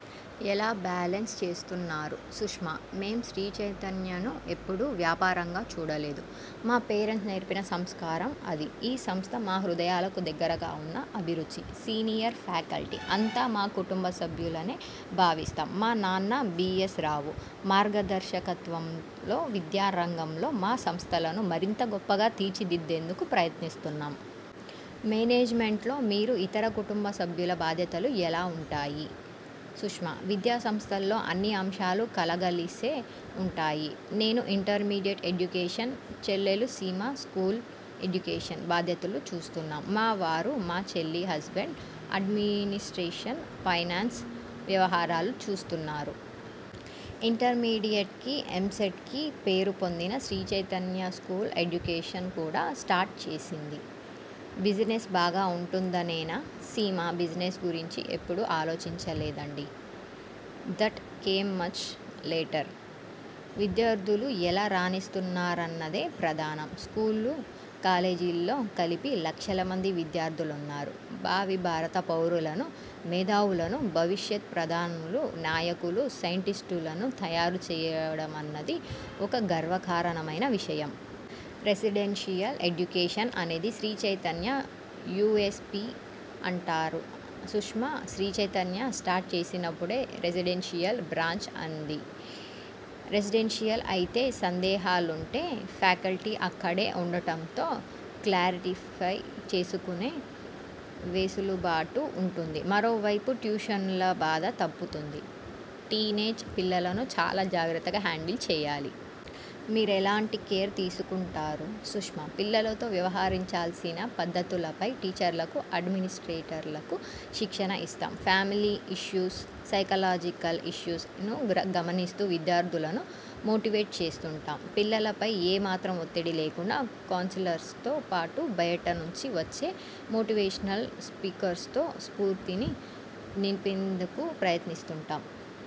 ఎలా బ్యాలెన్స్ చేస్తున్నారు? సుష్మ: మేం శ్రీచైతన్యను ఎప్పుడూ వ్యాపారంగా చూడలేదు. మా పేరెంట్స్ నేర్పిన సంస్కారం అది. ఈ సంస్థ మా హృదయాలకు దగ్గరగా ఉన్న అభిరుచి. సీనియర్ ఫ్యాకల్టీ అంతా మా కుటుంబసభ్యులనే భావిస్తాం. మా నాన్న బిఎస్ రావు మార్గదర్శకత్వంలో విద్యా రంగంలో మా సంస్థలను మరింత గొప్పగా తీర్చిదిద్దేందుకు ప్రయత్నిస్తున్నాం. మేనేజ్మెంట్లో మీరు, ఇతర కుటుంబ సభ్యుల బాధ్యతలు ఎలా ఉంటాయి? సుష్మ: విద్యా సంస్థల్లో అన్ని అంశాలు కలగలిసే ఉంటాయి. నేను ఇంటర్మీడియట్ ఎడ్యుకేషన్, చెల్లెలు సీమ స్యూల్ ఎడ్యుకేషన్ బాధ్యతలు చూస్తున్నాం. మా వారు, మా చెల్లి హజ్బెండ్ అడ్మినిస్ట్రేషన్, ఫైనాన్స్ వ్యవహారాలు చూస్తున్నారు. ఇంటర్మీడియట్కి, ఎంసెట్కి పేరు పొందిన శ్రీచైతన్య స్కూల్ ఎడ్యుకేషన్ కూడా స్టార్ట్ చేసింది. బిజినెస్ బాగా ఉంటుందనేనా? సీమా: బిజినెస్ గురించి ఎప్పుడు ఆలోచించలేదండి. That came much later. విద్యార్ధులు ఎలా రాణిస్తున్నారన్నదే ప్రధానం. స్కూళ్లు, కాలేజీల్లో కలిపి లక్షల మంది విద్యార్ధులున్నారు. భావి భారత పౌరులను, మేధావులను, భవిష్యత్ ప్రధానులు, నాయకులు, సైంటిస్టులను తయారు చేయడమన్నది ఒక గర్వకారణమైన విషయం. రెసిడెన్షియల్ ఎడ్యుకేషన్ అనేది శ్రీచైతన్య యుఎస్ పి అంటారు? సుష్మ: శ్రీచైతన్య స్టార్ట్ చేసినపుడే రెసిడెన్షియల్ బ్రాంచ్ అండి. రెసిడెన్షియల్ అయితే సందేహాలుంటే ఫ్యాకల్టీ అక్కడే ఉండటంతో క్లారిటిఫై చేసుకునే వెసులుబాటు ఉంటుంది. మరోవైపు ట్యూషన్ల బాధ తప్పుతుంది. టీనేజ్ పిల్లలను చాలా జాగ్రత్తగా హ్యాండిల్ చేయాలి. మీరెలాంటి కేర్ తీసుకుంటారు? సుష్మ: పిల్లలతో వ్యవహరించాల్సిన పద్ధతులపై టీచర్లకు, అడ్మినిస్ట్రేటర్లకు శిక్షణ ఇస్తాం. ఫ్యామిలీ ఇష్యూస్, సైకలాజికల్ ఇష్యూస్ ను గమనిస్తూ విద్యార్ధులను మోటివేట్ చేస్తుంటాం. పిల్లలపై ఏ మాత్రం ఒత్తిడి లేకుండా కౌన్సిలర్స్తోపాటు బయటనుంచి వచ్చే మోటివేషనల్ స్పీకర్స్తో స్ఫూర్తిని నింపేందుకు ప్రయత్నిస్తుంటాం.